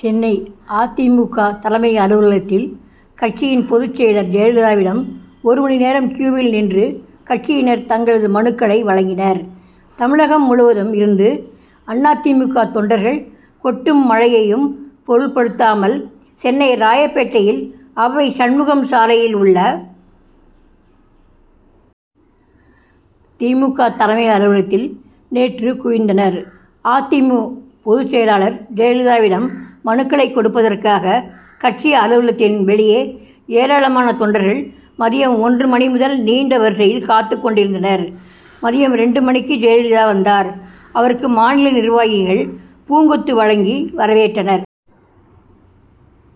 சென்னை அ. தி. மு. க. தலைமை அலுவலகத்தில் கட்சியின் பொதுச்செயலர் ஜெயலலிதாவிடம் ஒரு மணி நேரம் கியூவில் நின்று கட்சியினர் தங்களது மனுக்களை வழங்கினர். தமிழகம் முழுவதும் இருந்து அ. தி. மு. க. தொண்டர்கள் கொட்டும் மழையையும் பொருட்படுத்தாமல் சென்னை ராயப்பேட்டை அவ்வை சண்முகம் சாலையில் உள்ள அ. தி. மு. க. தலைமை அலுவலகத்தில் நேற்று குவிந்தனர். அ. தி. மு. பொதுச்செயலர் ஜெயலலிதாவிடம் மனுக்களை கொடுப்பதற்காக கட்சி அலுவலகத்தின் வெளியே ஏராளமான தொண்டர்கள் மதியம் ஒன்று மணி முதல் நீண்ட வரிசையில் காத்துக் கொண்டிருந்தனர். மதியம் இரண்டு மணிக்கு ஜெயலலிதா வந்தார். அவருக்கு மாநில நிர்வாகிகள் பூங்கொத்து வழங்கி வரவேற்றனர்.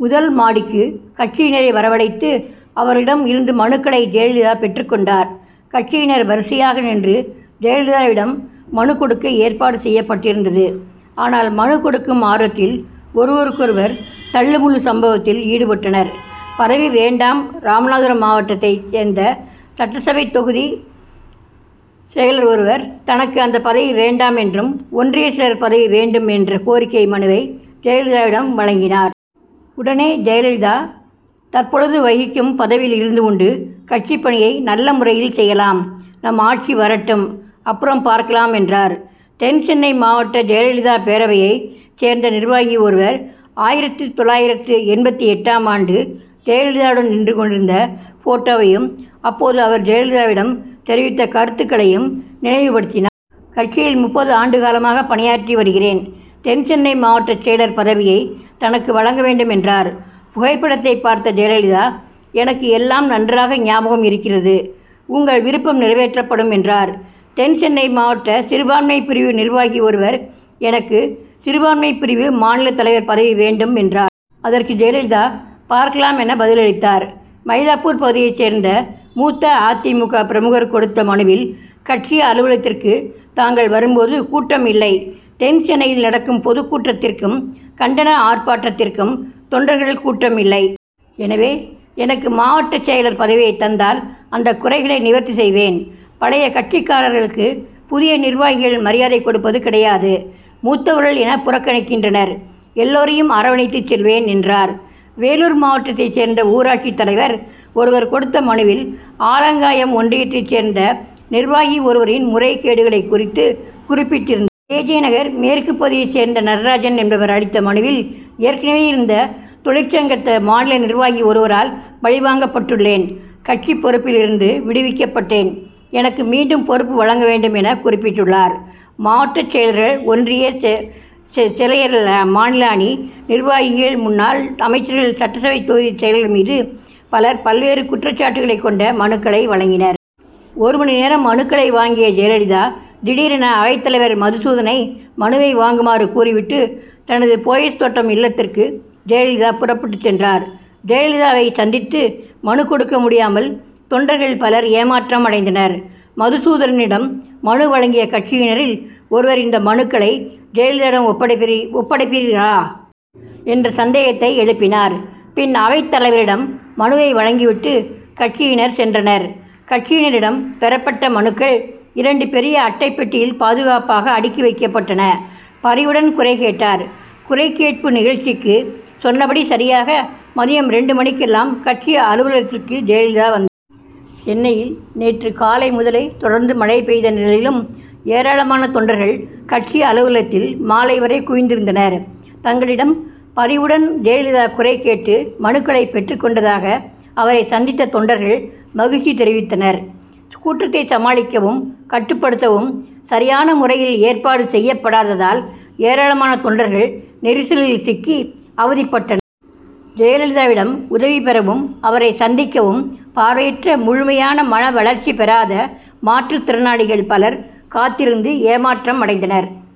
முதல் மாடிக்கு கட்சியினரை வரவழைத்து அவர்களிடம் இருந்து மனுக்களை ஜெயலலிதா பெற்றுக் கொண்டார். கட்சியினர் வரிசையாக நின்று ஜெயலலிதாவிடம் மனு கொடுக்க ஏற்பாடு செய்யப்பட்டிருந்தது. ஆனால் மனு கொடுக்கும் ஆர்வத்தில் ஒருவருக்கொருவர் தள்ளு முள்ளு சம்பவத்தில் ஈடுபட்டனர். பதவி வேண்டாம் ராமநாதபுரம் மாவட்டத்தை சேர்ந்த சட்டசபை தொகுதி செயலர் ஒருவர் தனக்கு அந்த பதவி வேண்டாம் என்றும் ஒன்றிய செயலர் பதவி வேண்டும் என்ற கோரிக்கை மனுவை ஜெயலலிதாவிடம் வழங்கினார். உடனே ஜெயலலிதா தற்பொழுது வகிக்கும் பதவியில் இருந்து கொண்டு கட்சிப் பணியை நல்ல முறையில் செய்யலாம். நம் ஆட்சி வரட்டும் அப்புறம் பார்க்கலாம் என்றார். தென்சென்னை மாவட்ட ஜெயலலிதா பேரவையை சேர்ந்த நிர்வாகி ஒருவர் ஆயிரத்து தொள்ளாயிரத்து எண்பத்தெட்டு ஆண்டு ஜெயலலிதாவுடன் நின்றுக் கொண்டிருந்த போட்டோவையும் அப்போது அவர் ஜெயலலிதாவிடம் தெரிவித்த கருத்தைக்களையும் நினைவு படுத்தினார். கட்சியில் முப்பது ஆண்டு காலமாக பணியாற்றி வருகிறேன். தென் சென்னை மாவட்டச் செயலர் பதவியை தனக்கு வழங்க வேண்டும் என்றார். புகைப்படத்தை பார்த்த ஜெயலலிதா எனக்கு எல்லாம் நன்றாக ஞாபகம் இருக்கிறது. உங்கள் விருப்பம் நிறைவேற்றப்படும் என்றார். தென் சென்னை மாவட்ட சிறுபான்மை பிரிவு நிர்வாகி ஒருவர் எனக்கு சிறுபான்மை பிரிவு மாநில தலைவர் பதவி வேண்டும் என்றார். அதற்கு ஜெயலலிதா பார்க்கலாம் என பதிலளித்தார். மயிலாப்பூர் பகுதியை சேர்ந்த மூத்த அ. தி. மு. க. பிரமுகர் கொடுத்த மனுவில் கட்சி அலுவலகத்திற்கு தாங்கள் வரும் போது கூட்டம் இல்லை. தென் சென்னையில் நடக்கும் பொதுக்கூட்டத்திற்கும் கண்டன ஆர்ப்பாட்டத் திற்கும் தொண்டர்கள் கூட்டம் இல்லை. எனவே எனக்கு மாவட்டச் செயலர் பதவியை தந்தால் அந்த குறைகளை நிவர்த்தி செய்வேன். பழைய கட்சிக்காரர்களுக்கு புதிய நிர்வாகிகள் மரியாதை கொடுப்பது கிடையாது. மூத்தவர்கள் என புறக்கணிக்கின்றனர். எல்லோரையும் அரவணைத்துச் செல்வேன் என்றார். வேலூர் மாவட்டத் தைச் சேர்ந்த ஊராட்சி தலைவர் ஒருவர் கொடுத்த மனுவில் ஆலங்காயம் ஒன்றியத்தைச் சேர்ந்த நிர்வாகி ஒருவரின் முறைகேடுகளை குறித்து குறிப்பிட்டிருந்தார். ஜெ. ஜெ. நகர் மேற்கு பகுதியை சேர்ந்த நடராஜன் என்பவர் அளித்த மனுவில் ஏற்கனவே இருந்த தொழிற்சங்க மாநில நிர்வாகி ஒருவரால் பழிவாங்கப்பட்டுள்ளேன். கட்சி பொறுப்பிலிருந்து விடுவிக்கப்பட்டேன். எனக்கு மீண்டும் பொறுப்பு வழங்க வேண்டும் என குறிப்பிட்டுள்ளார். மாவட்டச் செயலர்கள் ஒன்றிய செலயர்கள் மாநில அணி நிர்வாகிகள் முன்னாள் அமைச்சர்கள் சட்டசபை தொகுதி செயலர்கள் மீது பலர் பல்வேறு குற்றச்சாட்டுகளை கொண்ட மனுக்களை வழங்கினர். ஒரு மணி நேரம் மனுக்களை வாங்கிய ஜெயலலிதா திடீரென அவைத்தலைவர் மதுசூதனை மனுவை வாங்குமாறு கூறிவிட்டு தனது போயஸ் தோட்டம் இல்லத்திற்கு ஜெயலலிதா புறப்பட்டு சென்றார். ஜெயலலிதாவை சந்தித்து மனு கொடுக்க முடியாமல் தொண்டர்கள் பலர் ஏமாற்றம் அடைந்தனர். மதுசூதனனிடம் மனு வழங்கிய கட்சியினரில் ஒருவர் இந்த மனுக்களை ஜெயலலிதாவிடம் ஒப்படைப்பீர்களா? என்ற சந்தேகத்தை எழுப்பினார். பின் அவைத்தலைவரிடம் மனுவை வழங்கி விட்டு கட்சியினர் சென்றனர். கட்சியினரிடம் பெறப்பட்ட மனுக்கள் இரண்டு பெரிய அட்டைப் பெட்டியில் பாதுகாப்பாக அடுக்கி வைக்கப்பட்டன. பரிவுடன் குறைகேட்டார்: குறை கேட்பு நிகழ்ச்சிக்கு சொன்னபடி சரியாக மதியம் இரண்டு மணிக்கெல்லாம் கட்சி அலுவலகத்திற்கு ஜெயலலிதா வந்தார். சென்னையில் நேற்று காலை முதலே தொடர்ந்து மழை பெய்த நிலையிலும் ஏராளமான தொண்டர்கள் கட்சி அலுவலகத்தில் மாலை வரை குவிந்திருந்தனர். தங்களிடம் பரிவுடன் ஜெயலலிதா குறை கேட்டு மனுக்களை பெற்றுக் கொண்டதாக அவரை சந்தித்த தொண்டர்கள் மகிழ்ச்சி தெரிவித்தனர். கூட்டத்தை சமாளிக்கவும் கட்டுப்படுத்தவும் சரியான முறையில் ஏற்பாடு செய்யப்படாததால் ஏராளமான தொண்டர்கள் நெரிசலில் சிக்கி அவதிப்பட்டனர். ஜெயலலிதாவிடம் உதவி பெறவும் அவரை சந்திக்கவும் பார்வையற்ற முழுமையான மனவளர்ச்சி பெறாத மாற்று திறனாளிகள் பலர் காத்திருந்து ஏமாற்றமடைந்தனர்.